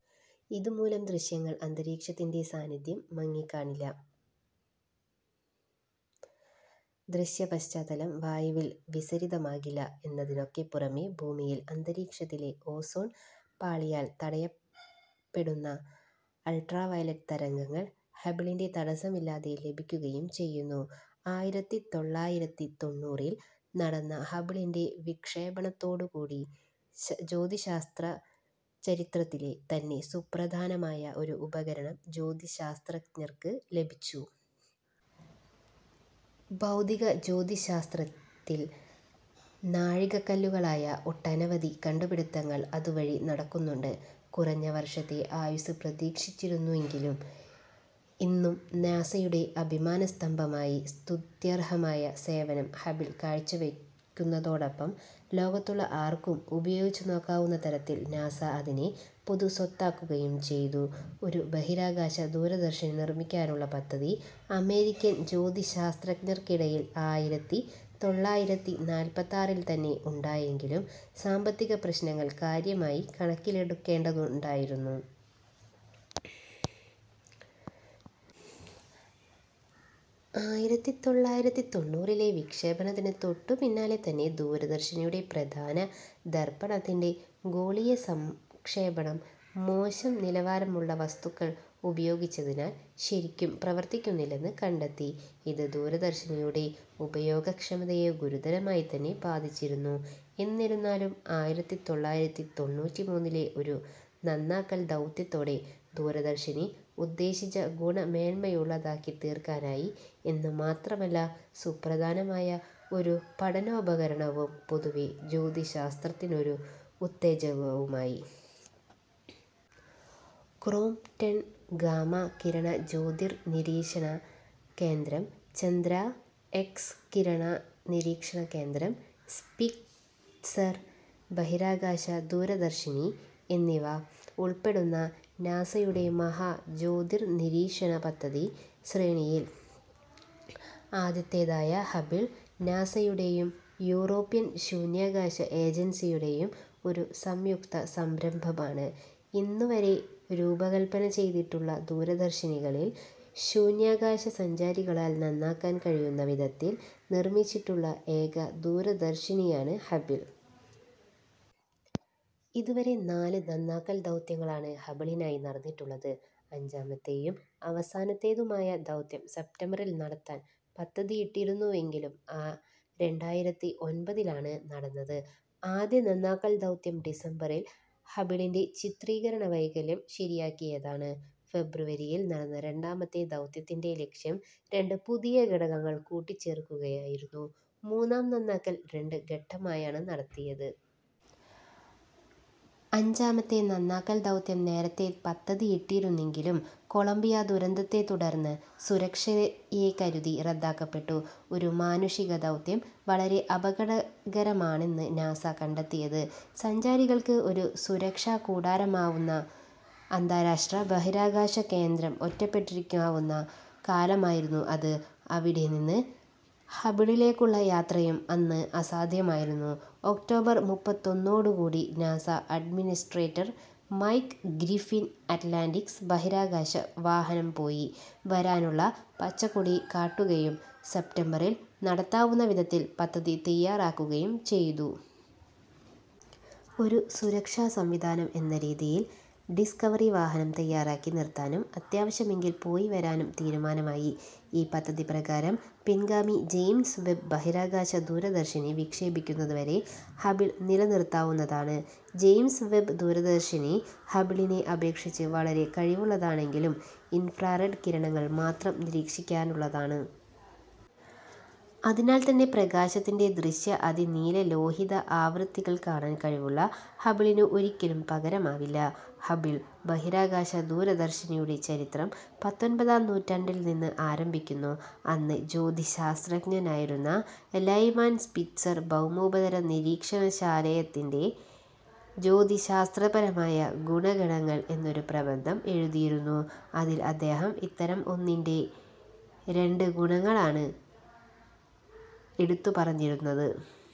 ഇതുമൂലം ദൃശ്യങ്ങൾ അന്തരീക്ഷത്തിൻ്റെ സാന്നിദ്ധ്യം മൂലം മങ്ങിക്കാണില്ല, ദൃശ്യപശ്ചാത്തലം വായുവിൽ വിസരിതമാകില്ല എന്നതിനൊക്കെപ്പുറമേ ഭൂമിയിൽ അന്തരീക്ഷത്തിലെ ഓസോൺ പാളിയാൽ തടയപ്പെടുന്ന അൾട്രാവയലറ്റ് തരംഗങ്ങൾ ഹബിളിന് തടസ്സമില്ലാതെ ലഭിക്കുകയും ചെയ്യുന്നു. ആയിരത്തി തൊള്ളായിരത്തി തൊണ്ണൂറിൽ നടന്ന ഹബിളിൻ്റെ വിക്ഷേപണത്തോടു കൂടി ജ്യോതിശാസ്ത്ര ചരിത്രത്തിലെ തന്നെ സുപ്രധാനമായ ഒരു ഉപകരണം ജ്യോതിശാസ്ത്രജ്ഞർക്ക് ലഭിച്ചു. ഭൗതിക ജ്യോതിശാസ്ത്രത്തിൽ നാഴികക്കല്ലുകളായ ഒട്ടനവധി കണ്ടുപിടിത്തങ്ങൾ അതുവഴി നടക്കുന്നുണ്ട്. കുറഞ്ഞ വർഷത്തെ ആയുസ്സ് പ്രതീക്ഷിച്ചിരുന്നതെങ്കിലും ഇന്നും നാസയുടെ അഭിമാനസ്തംഭമായി സ്തുത്യർഹമായ സേവനം ഹബിൾ കാഴ്ചവയ്ക്കുന്നതോടൊപ്പം ലോകത്തുള്ള ആർക്കും ഉപയോഗിച്ചു നോക്കാവുന്ന തരത്തിൽ നാസ അതിനെ പൊതുസ്വത്താക്കുകയും ചെയ്തു. ഒരു ബഹിരാകാശ ദൂരദർശിനി നിർമ്മിക്കാനുള്ള പദ്ധതി അമേരിക്കൻ ജ്യോതിശാസ്ത്രജ്ഞർക്കിടയിൽ ആയിരത്തി തൊള്ളായിരത്തി നാൽപ്പത്താറിൽ തന്നെ ഉണ്ടായെങ്കിലും സാമ്പത്തിക പ്രശ്നങ്ങൾ കാര്യമായി കണക്കിലെടുക്കേണ്ടതുണ്ടായിരുന്നു. ആയിരത്തി തൊള്ളായിരത്തി തൊണ്ണൂറിലെ വിക്ഷേപണത്തിന് തൊട്ടുപിന്നാലെ തന്നെ ദൂരദർശിനിയുടെ പ്രധാന ദർപ്പണത്തിൻ്റെ ഗോളീയ സംക്ഷേപണം മോശം ഗുണനിലവാരമുള്ള വസ്തുക്കൾ ഉപയോഗിച്ചതിനാൽ ശരിക്കും പ്രവർത്തിക്കുന്നില്ലെന്ന് കണ്ടെത്തി. ഇത് ദൂരദർശിനിയുടെ ഉപയോഗക്ഷമതയെ ഗുരുതരമായി തന്നെ ബാധിച്ചിരുന്നു. എന്നിരുന്നാലും ആയിരത്തി തൊള്ളായിരത്തി തൊണ്ണൂറ്റിമൂന്നിലെ ഒരു നന്നാക്കൽ ദൗത്യത്തോടെ ദൂരദർശിനി ഉദ്ദേശിച്ച ഗുണമേന്മയുള്ളതാക്കി തീർക്കാനായി എന്ന് മാത്രമല്ല സുപ്രധാനമായ ഒരു പഠനോപകരണവും പൊതുവേ ജ്യോതിശാസ്ത്രത്തിനൊരു ഉത്തേജനവുമായി. ക്രോംപ്റ്റൺ ഗാമാ കിരണ ജ്യോതിർനിരീക്ഷണ കേന്ദ്രം, ചന്ദ്രാ എക്സ്-കിരണ നിരീക്ഷണ കേന്ദ്രം, സ്പിറ്റ്സർ ബഹിരാകാശ ദൂരദർശിനി എന്നിവ ഉൾപ്പെടുന്ന നാസയുടെ മഹാ ജ്യോതിർനിരീക്ഷണ പദ്ധതി ശ്രേണിയിൽ ആദ്യത്തേതായ ഹബിൾ, നാസയുടെയും യൂറോപ്യൻ ശൂന്യാകാശ ഏജൻസിയുടെയും ഒരു സംയുക്ത സംരംഭമാണ്. ഇന്നുവരെ രൂപകല്പന ചെയ്തിട്ടുള്ള ദൂരദർശിനികളിൽ ശൂന്യാകാശ സഞ്ചാരികളാൽ നന്നാക്കാൻ കഴിയുന്ന വിധത്തിൽ നിർമ്മിച്ചിട്ടുള്ള ഏക ദൂരദർശിനിയാണ് ഹബിൾ. ഇതുവരെ നാല് നന്നാക്കൽ ദൗത്യങ്ങളാണ് ഹബിളിനായി നടന്നിട്ടുള്ളത്. അഞ്ചാമത്തേതും അവസാനത്തേതുമായ ദൗത്യം സെപ്റ്റംബറിൽ നടത്താൻ പദ്ധതിയിട്ടിരുന്നുവെങ്കിലും രണ്ടായിരത്തി ഒൻപതിലാണ് നടന്നത്. ആദ്യ നന്നാക്കൽ ദൗത്യം ഡിസംബറിൽ ഹബിളിൻ്റെ ചിത്രീകരണ വൈകല്യം ശരിയാക്കിയതാണ്. ഫെബ്രുവരിയിൽ നടന്ന രണ്ടാമത്തെ ദൗത്യത്തിൻ്റെ ലക്ഷ്യം രണ്ട് പുതിയ ഘടകങ്ങൾ കൂട്ടിച്ചേർക്കുകയായിരുന്നു. മൂന്നാം നന്നാക്കൽ രണ്ട് ഘട്ടമായാണ് നടത്തിയത്. അഞ്ചാമത്തെ നന്നാക്കൽ ദൗത്യം നേരത്തെ പദ്ധതിയിട്ടിരുന്നെങ്കിലും കൊളംബിയ ദുരന്തത്തെ തുടർന്ന് സുരക്ഷയെ കരുതി റദ്ദാക്കപ്പെട്ടു. ഒരു മാനുഷിക ദൗത്യം വളരെ അപകടകരമാണെന്നാണ് നാസ കണ്ടെത്തിയത്. സഞ്ചാരികൾക്ക് ഒരു സുരക്ഷാകൂടാരമാകാവുന്ന അന്താരാഷ്ട്ര ബഹിരാകാശ കേന്ദ്രം ഒറ്റപ്പെട്ടിരിക്കാവുന്ന കാലമായിരുന്നു അത്. അവിടെനിന്ന് ഹബിളിലേക്കുള്ള യാത്രയും അന്ന് അസാധ്യമായിരുന്നു. ഒക്ടോബർ മുപ്പത്തൊന്നോടു കൂടി NASA administrator Mike Griffin Atlantis ബഹിരാകാശ വാഹനം പോയി വരാനുള്ള പച്ചക്കൊടി കാട്ടുകയും, സെപ്റ്റംബറിൽ നടത്താവുന്ന വിധത്തിൽ പദ്ധതി തയ്യാറാക്കുകയും ചെയ്തു. ഒരു സുരക്ഷാസംവിധാനം എന്ന രീതിയിൽ ഡിസ്കവറി വാഹനം തയ്യാറാക്കി നിർത്താനും അത്യാവശ്യമെങ്കിൽ പോയി വരാനും തീരുമാനമായി. ഈ പദ്ധതിപ്രകാരം പിൻഗാമി ജെയിംസ് വെബ് ബഹിരാകാശ ദൂരദർശിനി വിക്ഷേപിക്കുന്നത് വരെ ഹബിൾ നിലനിർത്താവുന്നതാണ്. ജെയിംസ് വെബ് ദൂരദർശിനി ഹബിളിനെ അപേക്ഷിച്ച് വളരെ കഴിവുള്ളതാണെങ്കിലും ഇൻഫ്രാറെഡ് കിരണങ്ങൾ മാത്രം നിരീക്ഷിക്കാനുള്ളതാണ്. അതിനാൽ തന്നെ പ്രകാശത്തിൻ്റെ ദൃശ്യ അതിനീലലോഹിത ആവൃത്തികൾ കാണാൻ കഴിവുള്ള ഹബിളിന് ഒരിക്കലും പകരമാവില്ല. ഹബിൾ ബഹിരാകാശ ദൂരദർശിനിയുടെ ചരിത്രം പത്തൊൻപതാം നൂറ്റാണ്ടിൽ നിന്ന് ആരംഭിക്കുന്നു. അന്ന് ജ്യോതിശാസ്ത്രജ്ഞനായിരുന്ന ലൈമാൻ സ്പിറ്റ്സർ "ഭൗമേതര നിരീക്ഷണാലയത്തിൻ്റെ ജ്യോതിശാസ്ത്രപരമായ ഗുണഗണങ്ങൾ" എന്നൊരു പ്രബന്ധം എഴുതിയിരുന്നു. അതിൽ അദ്ദേഹം ഇത്തരം ഒന്നിൻ്റെ രണ്ട് ഗുണങ്ങളാണ് എടുത്തു പറഞ്ഞിരുന്നത്.